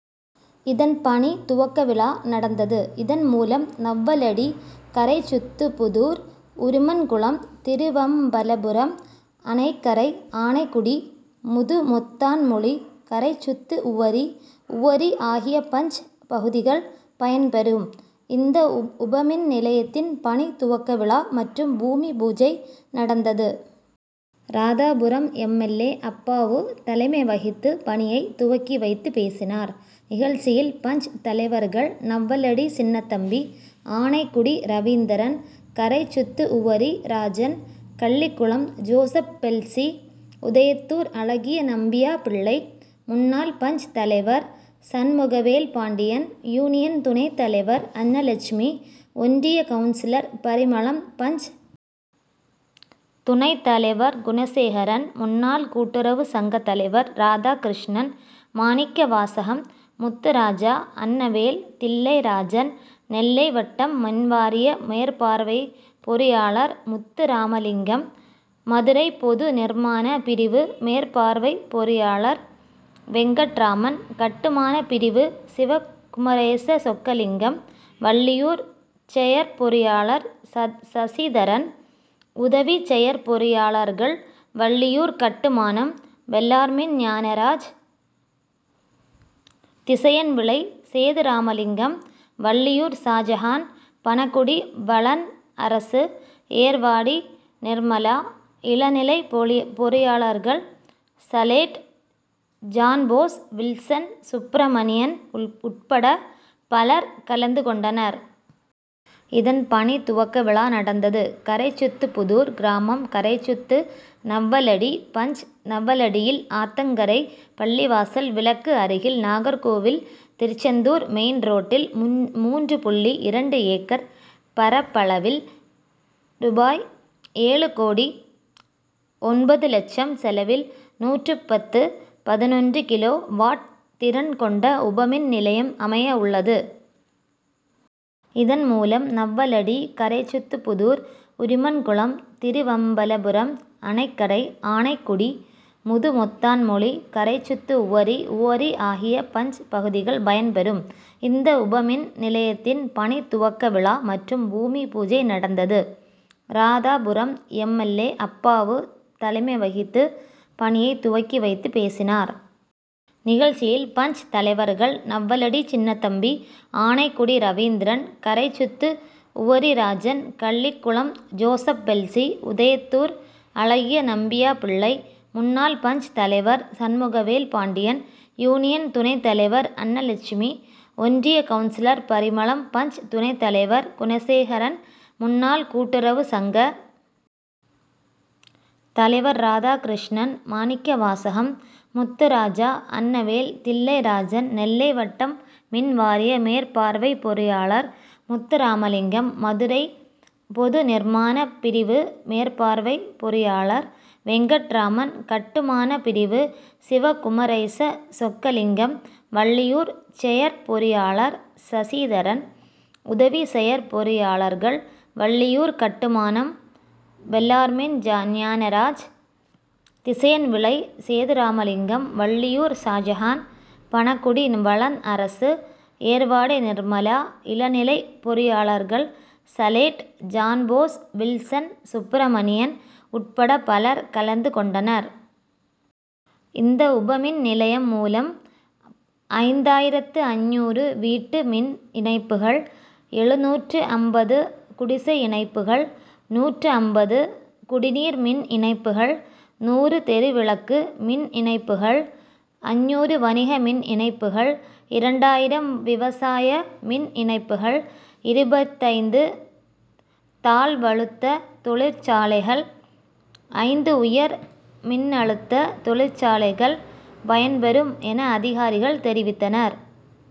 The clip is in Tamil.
இதன் பணி துவக்க விழா நடந்தது. இதன் மூலம் நவ்வலடி, கரைச்சுத்து புதூர், உருமன்குளம், திருவம்பலபுரம், அணைக்கரை, ஆனைகுடி, முதுமொத்தான்மொழி, கரைச்சுத்து உவரி, உவரி ஆகிய பஞ்., பகுதிகள் பயன் பெறும். இந்த உபமின் நிலையத்தின் பணி துவக்க விழா மற்றும் பூமி பூஜை நடந்தது. Radhapuram M. L. A., Appavu தலைமை வகித்து பணியை துவக்கி வைத்து பேசினார். நிகழ்ச்சியில் பஞ்., தலைவர்கள் நவ்வலடி சின்னதம்பி, ஆனைகுடி ரவீந்திரன், கரைச்சுத்து உவரி ராஜன், கள்ளிகுளம் ஜோசப் பெல்ஸி, உதயத்தூர் அழகியநம்பியாபிள்ளை, முன்னாள் பஞ்.,தலைவர் சண்முகவேல் பாண்டியன், யூனியன் துணைத் தலைவர் அன்னலெட்சுமி, ஒன்றிய கவுன்சிலர் பரிமளம், பஞ்., துணைத் தலைவர் குணசேகரன், முன்னாள் கூட்டுறவு சங்க தலைவர் ராதாகிருஷ்ணன், மாணிக்கவாசகம், முத்துராஜா, அன்னவேல், தில்லைராஜன், நெல்லை வட்டம் மின்வாரிய மேற்பார்வை பொறியாளர் முத்துராமலிங்கம், மதுரை பொது நிர்மான பிரிவு மேற்பார்வை பொறியாளர் வெங்கட்ராமன், கட்டுமான பிரிவு சிவகுமரேச சொக்கலிங்கம், வள்ளியூர் செயற்பொறியாளர் சசிதரன், உதவி செயற்பொறியாளர்கள் வள்ளியூர் கட்டுமானம் பெல்லார்மின் ஞானராஜ், திசையன்விளை சேதுராமலிங்கம், வள்ளியூர் ஷாஜகான், பணகுடி வளன் அரசு, ஏர்வாடி நிர்மலா, இளநிலைபொளி பொறியாளர்கள் சலேட், ஜான்போஸ், வில்சன், சுப்பிரமணியன் உட்பட பலர் கலந்து கொண்டனர். இதன் பணி துவக்க விழா நடந்தது. கரைச்சுத்து புதூர் கிராமம் கரைச்சுத்து நவ்வலடி பஞ்., நவ்வலடியில் ஆத்தங்கரை பள்ளிவாசல் விலக்கு அருகில் நாகர்கோவில் திருச்செந்தூர் மெயின் ரோட்டில் மூன் மூன்று புள்ளி இரண்டு ஏக்கர் பரப்பளவில் ரூபாய்.ஏழு கோடி ஒன்பது லட்சம் செலவில் நூற்று பத்து, பதினொன்று கிலோ வாட் திறன் கொண்ட உபமின் நிலையம் அமைய உள்ளது. இதன் மூலம் நவ்வலடி, கரைச்சுத்து புதூர், உருமன்குளம், திருவம்பலபுரம், அணைக்கரை, ஆனைகுடி, முதுமொத்தான்மொழி, கரைச்சுத்து உவரி, உவரி ஆகிய பஞ்., பகுதிகள் பயன் பெறும். இந்த உபமின் நிலையத்தின் பணி துவக்க விழா மற்றும் பூமி பூஜை நடந்தது. Radhapuram M. L. A., Appavu தலைமை வகித்து பணியை துவக்கி வைத்து பேசினார். நிகழ்ச்சியில் பஞ்., தலைவர்கள் நவ்வலடி சின்னதம்பி, ஆனைகுடி ரவீந்திரன், கரைச்சுத்து உவரி ராஜன், கள்ளிகுளம் ஜோசப் பெல்ஸி, உதயத்தூர் அழகியநம்பியாபிள்ளை, முன்னாள் பஞ்.,தலைவர் சண்முகவேல் பாண்டியன், யூனியன் துணைத் தலைவர் அன்னலெட்சுமி, ஒன்றிய கவுன்சிலர் பரிமளம், பஞ்., துணைத் தலைவர் குணசேகரன், முன்னாள் கூட்டுறவு சங்க தலைவர் ராதாகிருஷ்ணன், மாணிக்கவாசகம், முத்துராஜா, அன்னவேல், தில்லைராஜன், நெல்லை வட்டம் மின்வாரிய மேற்பார்வை பொறியாளர் முத்துராமலிங்கம், மதுரை பொது நிர்மான பிரிவு மேற்பார்வை பொறியாளர் வெங்கட்ராமன், கட்டுமான பிரிவு சிவகுமரேச சொக்கலிங்கம், வள்ளியூர் செயற்பொறியாளர் சசிதரன், உதவி செயற்பொறியாளர்கள் வள்ளியூர் கட்டுமானம் பெல்லார்மின் ஜான்ஞானராஜ், திசையன்விளை சேதுராமலிங்கம், வள்ளியூர் ஷாஜகான், பணகுடி வளன் அரசு, ஏர்வாடி நிர்மலா, இளநிலை பொறியாளர்கள் சலேட், ஜான்போஸ், வில்சன், சுப்பிரமணியன் உட்பட பலர் கலந்து கொண்டனர். இந்த உபமின் நிலையம் மூலம் ஐந்தாயிரத்து ஐந்நூறு வீட்டு மின் இணைப்புகள், எழுநூற்று ஐம்பது குடிசை இணைப்புகள், நூற்று ஐம்பது குடிநீர் மின் இணைப்புகள், நூறு தெருவிளக்கு மின் இணைப்புகள், ஐந்நூறு வணிக மின் இணைப்புகள், இரண்டாயிரம் விவசாய மின் இணைப்புகள், இருபத்தைந்து தாழ்வழுத்த தொழிற்சாலைகள், ஐந்து உயர் மின்னழுத்த தொழிற்சாலைகள் பயன்பெறும் என அதிகாரிகள் தெரிவித்தனர்.